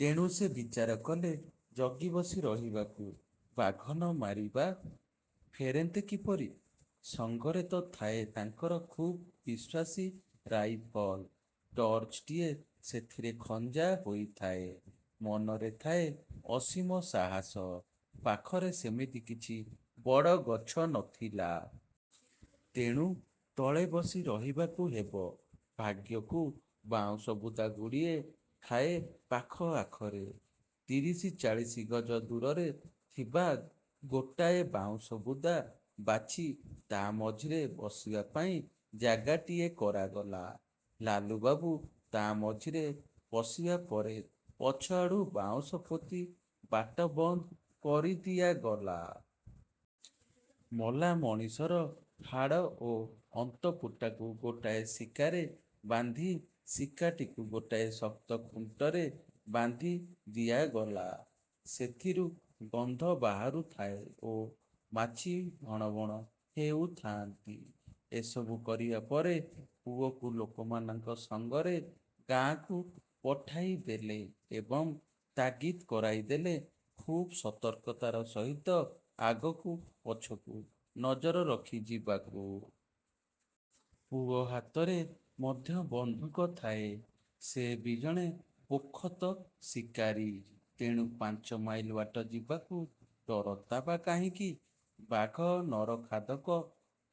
ତେଣୁ ସେ ବିଚାରକଲେ ଜଗି ବସି ରହିବାକୁ। ବାଘ ନ ମାରି ବା ଫେରନ୍ତେ କିପରି! ସଙ୍ଗରେ ତ ଥାଏ ତାଙ୍କର ଖୁବ୍ ବିଶ୍ୱାସୀ ରାଇଫଲ। ଟର୍ଚ୍ଚଟିଏ ସେଥିରେ ଖଞ୍ଜା ହୋଇଥାଏ। ମନରେ ଥାଏ ଅସୀମ ସାହସ। ପାଖରେ ସେମିତି କିଛି ବଡ଼ ଗଛ ନଥିଲା। ତେଣୁ ତଳେ ବସି ରହିବାକୁ ହେବ। ଭାଗ୍ୟକୁ ବାଉଁଶ ବୁଦାଗୁଡ଼ିଏ ଥାଏ ପାଖ ଆଖରେ। ତିରିଶ ଚାଳିଶ ଗଜ ଦୂରରେ ଥିବା ଗୋଟାଏ ବାଉଁଶ ବୁଦା ବାଛି ତା' ମଝିରେ ବସିବା ପାଇଁ ଜାଗାଟିଏ କରାଗଲା। ଲାଲୁବାବୁ ତା' ମଝିରେ ପଶିବା ପରେ ପଛଆଡ଼ୁ ବାଉଁଶ ପୋତି ବାଟ ବନ୍ଦ କରି ଦିଆଗଲା। ମଲା ମଣିଷର ହାଡ଼ ଓ ଅନ୍ତପୁଟାକୁ ଗୋଟାଏ ଶିକାରେ ବାନ୍ଧି ଶିକାଟିକୁ ଗୋଟାଏ ଶକ୍ତ ଖୁଣ୍ଟରେ ବାନ୍ଧି ଦିଆଗଲା-। ସେଥିରୁ ଗନ୍ଧ ବାହାରୁଥାଏ ଓ ମାଛି ଭଣ ଭଣ ହେଉଥାଆନ୍ତି। ଏସବୁ କରିବା ପରେ ପୁଅକୁ ଲୋକମାନଙ୍କ ସଙ୍ଗରେ ଗାଁକୁ ପଠାଇଦେଲେ ଏବଂ ତାଗିଦ କରାଇଦେଲେ ଖୁବ୍ ସତର୍କତାର ସହିତ ଆଗକୁ ପଛକୁ ନଜର ରଖି ଯିବାକୁ। ପୁଅ ହାତରେ ମଧ୍ୟ ବନ୍ଧୁକ ଥାଏ। ସେ ବି ଜଣେ ପୋଖତ ଶିକାରୀ। ତେଣୁ ପାଞ୍ଚ ମାଇଲ ବାଟ ଯିବାକୁ ଡରନ୍ତା ବା କାହିଁକି! ବାଘ ନରଖାଦକ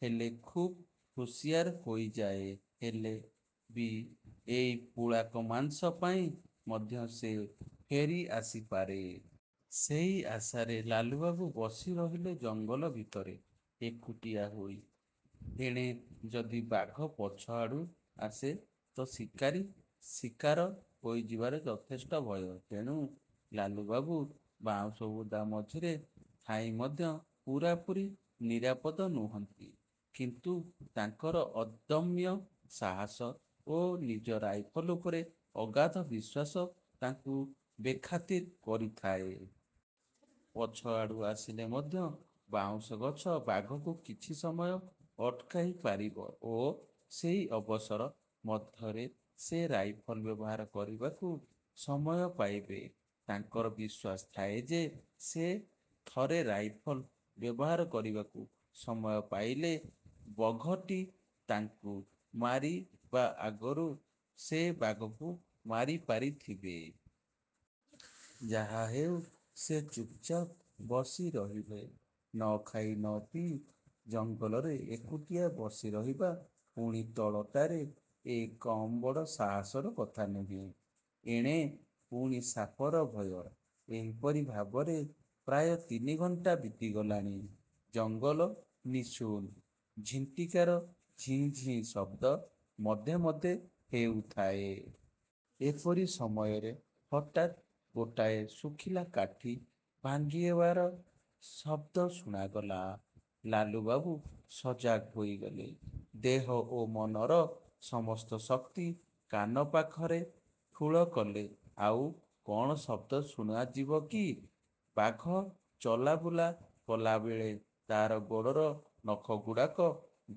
ହେଲେ ଖୁବ୍ ହୁସିଆର ହୋଇଯାଏ–ହେଲେ ବି ଏଇ ପୁଳାକ ମାଂସ ପାଇଁ ମଧ୍ୟ ସେ ଫେରି ଆସିପାରେ। ସେଇ ଆାଶାରେ ଲାଲୁବାବୁ ବସି ରହିଲେ ଜଙ୍ଗଲ ଭିତରେ, ଏକୁଟିଆ ହୋଇ। ଏଣେ ଯଦି ବାଘ ପଛଆଡ଼ୁ ଆସେ ତ ଶିକାରୀ ଶିକାର ହୋଇଯିବାର ଯଥେଷ୍ଟ ଭୟ। ତେଣୁ ଲାଲୁବାବୁ ବାଉଁଶ ବୁଦା ମଝିରେ ଥାଇ ମଧ୍ୟ ପୂରାପୂରି ନିରାପଦ ନୁହନ୍ତି। କିନ୍ତୁ ତାଙ୍କର ଅଦମ୍ୟ ସାହସ ଓ ନିଜ ରାଇଫଲ ଉପରେ ଅଗାଧ ବିଶ୍ୱାସ ତାଙ୍କୁ ବେଖାତିର କରିଥାଏ। ପଛ ଆଡ଼ୁ ଆସିଲେ ମଧ୍ୟ ବାଉଁଶ ଗଛ ବାଘକୁ କିଛି ସମୟ ଅଟକାଇ ପାରିବ ଓ ସେଇ ଅବସର ମଧ୍ୟରେ ସେ ରାଇଫଲ ବ୍ୟବହାର କରିବାକୁ ସମୟ ପାଇବେ। ତାଙ୍କର ବିଶ୍ୱାସ ଥାଏ ଯେ, ସେ ଥରେ ରାଇଫଲ ବ୍ୟବହାର କରିବାକୁ ସମୟ ପାଇଲେ ବଘଟି ତାଙ୍କୁ ମାରିବା ଆଗରୁ ସେ ବାଘକୁ ମାରିପାରିଥିବେ। ଯାହାହେଉ ସେ ଚୁପ୍ଚାପ୍ ବସି ରହିଲେ। ନଖାଇ ନପିଇ ଜଙ୍ଗଲରେ ଏକୁଟିଆ ବସିରହିବା, ପୁଣି ତଳଟାରେ–ଏ କମ୍ ବଡ଼ ସାହସର କଥା ନୁହେଁ। ଏଣେ ପୁଣି ସାପର ଭୟ। ଏହିପରି ଭାବରେ ପ୍ରାୟ ତିନି ଘଣ୍ଟା ବିତିଗଲାଣି। ଜଙ୍ଗଲ ନିଶୁନ। ଝିଣ୍ଟିକାର ଝିଁ ଝିଁ ଶବ୍ଦ ମଧ୍ୟେ ମଧ୍ୟେ ହେଉଥାଏ। ଏପରି ସମୟରେ ହଠାତ୍ ଗୋଟାଏ ଶୁଖିଲା କାଠି ଭାଙ୍ଗିବାର ଶବ୍ଦ ଶୁଣାଗଲା। ଲାଲୁବାବୁ ସଜାଗ ହୋଇଗଲେ। ଦେହ ଓ ମନର ସମସ୍ତ ଶକ୍ତି କାନ ପାଖରେ ଠୁଳ କଲେ-ଆଉ କ'ଣ ଶବ୍ଦ ଶୁଣାଯିବ କି! ବାଘ ଚଲାବୁଲା କଲାବେଳେ ତା'ର ଗୋଡ଼ର ନଖଗୁଡ଼ାକ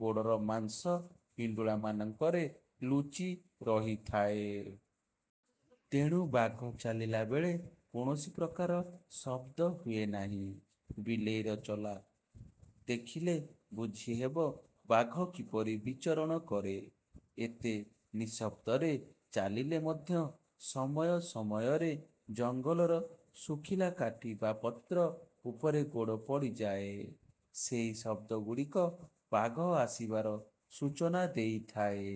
ଗୋଡ଼ର ମାଂସ ପିଣ୍ଡୁଳାମାନଙ୍କରେ ଲୁଚି ରହିଥାଏ। ତେଣୁ ବାଘ ଚାଲିଳା ବେଳେ କୌଣସି ପ୍ରକାର ଶବ୍ଦ ହୁଏ ନାହିଁ। ବିଲେଇର ଚଲା ଦେଖିଲେ ବୁଝିହେବ ବାଘ କିପରି ବିଚରଣ କରେ। ଏତେ ନିଃଶବ୍ଦରେ ଚାଲିଲେ ମଧ୍ୟ ସମୟ ସମୟରେ ଜଙ୍ଗଲର ଶୁଖିଲା କାଠି ବା ପତ୍ର ଉପରେ ଗୋଡ଼ ପଡ଼ିଯାଏ। ସେଇ ଶବ୍ଦଗୁଡ଼ିକ ବାଘ ଆସିବାର ସୂଚନା ଦେଇଥାଏ।